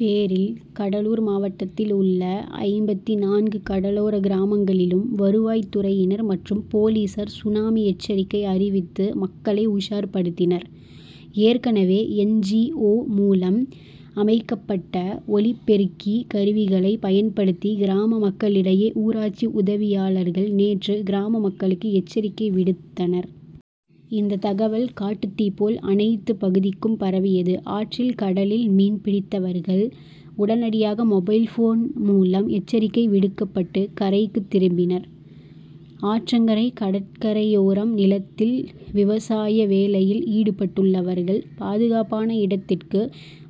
பேரில் கடலூர் மாவட்டத்தில் உள்ள ஐம்பத்தி நான்கு கடலோர கிராமங்களிலும் வருவாய்த் துறையினர் மற்றும் போலீசார் சுனாமி எச்சரிக்கை அறிவித்து மக்களை உஷார்படுத்தினர். ஏற்கனவே என். ஜி. ஓ. மூலம் அமைக்கப்பட்ட ஒலிப்பெருக்கி கருவிகளைப் பயன்படுத்தி கிராம மக்களிடையே ஊராட்சி உதவியாளர்கள் நேற்று கிராம மக்களுக்கு எச்சரிக்கை விடுத்தனர். இந்த தகவல் காட்டுத்தீ போல் அனைத்துப் பகுதிக்கும் பரவியது. ஆற்றில் கடலில் மீன் பிடித்தவர்கள் உடனடியாக மொபைல் போன் மூலம் எச்சரிக்கை விடுக்கப்பட்டு கரைக்குத் திரும்பினர். ஆற்றங்கரை கடற்கரையோரம் நிலத்தில் விவசாய வேலையில் ஈடுபட்டுள்ளவர்கள் பாதுகாப்பான இடத்திற்கு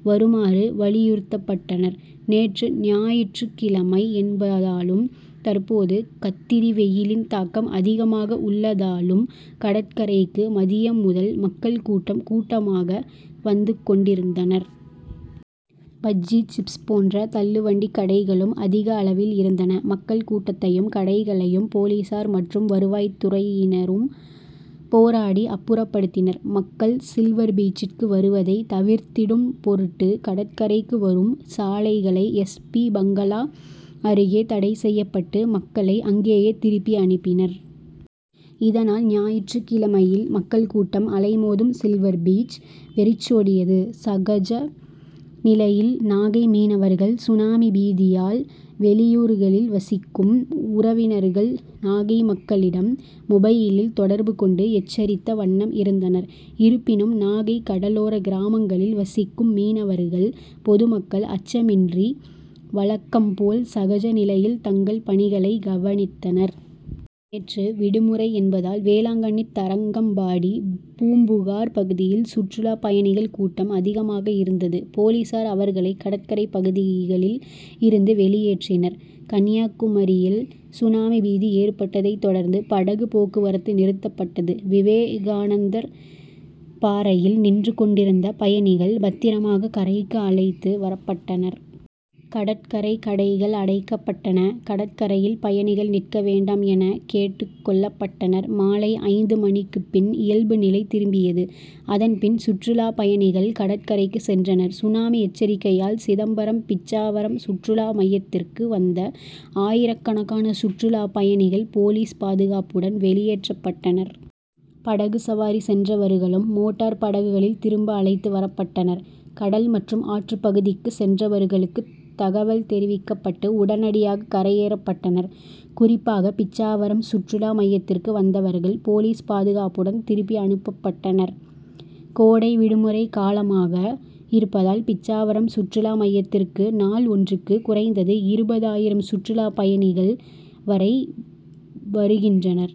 வருமாறு வலியுறுத்தப்பட்டனர். நேற்று ஞாயிற்றுக் கிழமை என்பதாலும் தற்போது கத்திரி வெயிலின் தாக்கம் அதிகமாக உள்ளதாலும் கடற்கரைக்கு மதியம் முதல் மக்கள் கூட்டம் கூட்டமாக வந்து கொண்டிருந்தனர். பஜ்ஜி சிப்ஸ் போன்ற தள்ளு வண்டி கடைகளும் அதிக அளவில் இருந்தன. மக்கள் கூட்டத்தையும் கடைகளையும் போலீசார் மற்றும் வருவாய்த் துறையினரும் போராடி அப்புறப்படுத்தினர். மக்கள் சில்வர் பீச்சிற்கு வருவதை தவிர்த்திடும் பொருட்டு கடற்கரைக்கு வரும் சாலைகளை எஸ். பி. பங்களா அருகே தடை செய்யப்பட்டு மக்களை அங்கேயே திருப்பி அனுப்பினர். இதனால் ஞாயிற்றுக் கிழமையில் மக்கள் கூட்டம் அலைமோதும் சில்வர் பீச் வெறிச்சோடியது. சகஜ நிலையில் நாகை மீனவர்கள் சுனாமி பீதியால் வெளியூர்களில் வசிக்கும் உறவினர்கள் நாகை மக்களிடம் மொபைலில் தொடர்பு கொண்டு எச்சரித்த வண்ணம் இருந்தனர். இருப்பினும் நாகை கடலோர கிராமங்களில் வசிக்கும் மீனவர்கள் பொதுமக்கள் அச்சமின்றி வழக்கம் போல் சகஜ நிலையில் தங்கள் பணிகளை கவனித்தனர். நேற்று விடுமுறை என்பதால் வேளாங்கண்ணி தரங்கம்பாடி பூம்புகார் பகுதியில் சுற்றுலாப் பயணிகள் கூட்டம் அதிகமாக இருந்தது. போலீசார் அவர்களை கடற்கரை பகுதிகளில் இருந்து வெளியேற்றினர். கன்னியாகுமரியில் சுனாமி பீதி ஏற்பட்டதை தொடர்ந்து படகு போக்குவரத்து நிறுத்தப்பட்டது. விவேகானந்தர் பாறையில் நின்று கொண்டிருந்த பயணிகள் பத்திரமாக கரைக்கு அழைத்து வரப்பட்டனர். கடற்கரை கடைகள் அடைக்கப்பட்டன. கடற்கரையில் பயணிகள் நிற்க வேண்டாம் என கேட்டுக் கொள்ளப்பட்டனர். மாலை ஐந்து மணிக்கு பின் இயல்புநிலை திரும்பியது. அதன்பின் சுற்றுலாப் பயணிகள் கடற்கரைக்கு சென்றனர். சுனாமி எச்சரிக்கையால் சிதம்பரம் பிச்சாவரம் சுற்றுலா மையத்திற்கு வந்த ஆயிரக்கணக்கான சுற்றுலாப் பயணிகள் போலீஸ் பாதுகாப்புடன் வெளியேற்றப்பட்டனர். படகு சவாரி சென்றவர்களும் மோட்டார் படகுகளில் திரும்ப அழைத்து வரப்பட்டனர். கடல் மற்றும் ஆற்றுப் பகுதிக்கு சென்றவர்களுக்குத் தகவல் தெரிவிக்கப்பட்டு உடனடியாக கரையேறப்பட்டனர். குறிப்பாக பிச்சாவரம் சுற்றுலா மையத்திற்கு வந்தவர்கள் போலீஸ் பாதுகாப்புடன் திருப்பி அனுப்பப்பட்டனர். கோடை விடுமுறை காலமாக இருப்பதால் பிச்சாவரம் சுற்றுலா மையத்திற்கு நாள் ஒன்றுக்கு குறைந்தது இருபது ஆயிரம் சுற்றுலாப் பயணிகள் வரை வருகின்றனர்.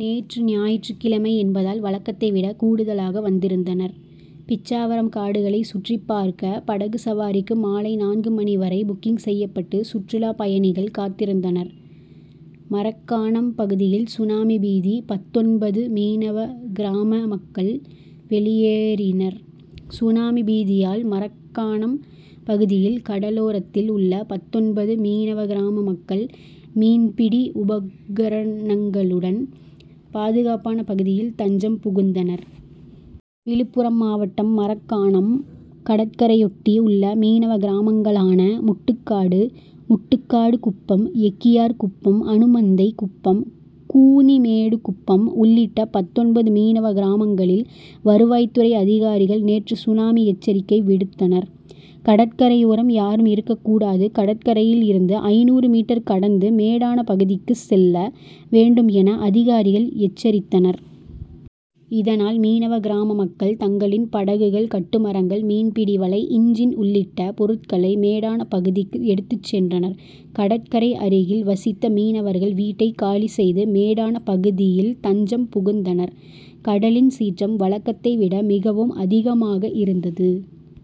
நேற்று ஞாயிற்று கிழமை என்பதால் வழக்கத்தை விட கூடுதலாக வந்திருந்தனர். பிச்சாவரம் காடுகளை சுற்றிப் பார்க்க படகு சவாரிக்கு மாலை நான்கு மணி வரை புக்கிங் செய்யப்பட்டு சுற்றுலா பயணிகள் காத்திருந்தனர். மரக்காணம் பகுதியில் சுனாமி பீதி பத்தொன்பது மீனவ கிராம மக்கள் வெளியேறினர் சுனாமி பீதியால் மரக்காணம் பகுதியில் கடலோரத்தில் உள்ள பத்தொன்பது மீனவ கிராம மக்கள் மீன்பிடி உபகரணங்களுடன் பாதுகாப்பான பகுதியில் தஞ்சம் புகுந்தனர். விழுப்புரம் மாவட்டம் மரக்காணம் கடற்கரையையொட்டி உள்ள மீனவ கிராமங்களான முட்டுக்காடு முட்டுக்காடு குப்பம் எக்கியார்குப்பம் அனுமந்தை குப்பம் கூனிமேடு குப்பம் உள்ளிட்ட பத்தொன்பது மீனவ கிராமங்களில் வருவாய்த் துறை அதிகாரிகள் நேற்று சுனாமி எச்சரிக்கை விடுத்தனர். கடற்கரையோரம் யாரும் இருக்கக் கூடாது கடற்கரையில் இருந்து ஐநூறு மீட்டர் கடந்து மேடான பகுதிக்கு செல்ல வேண்டும் என அதிகாரிகள் எச்சரித்தனர். இதனால் மீனவ கிராம மக்கள் தங்களின் படகுகள் கட்டுமரங்கள் மீன்பிடி வலை இன்ஜின் உள்ளிட்ட பொருட்களை மேடான பகுதிக்கு எடுத்துச் சென்றனர். கடற்கரை அருகில் வசித்த மீனவர்கள் வீட்டை காலி செய்து மேடான பகுதியில் தஞ்சம் புகுந்தனர். கடலின் சீற்றம் வழக்கத்தைவிட மிகவும் அதிகமாக இருந்தது.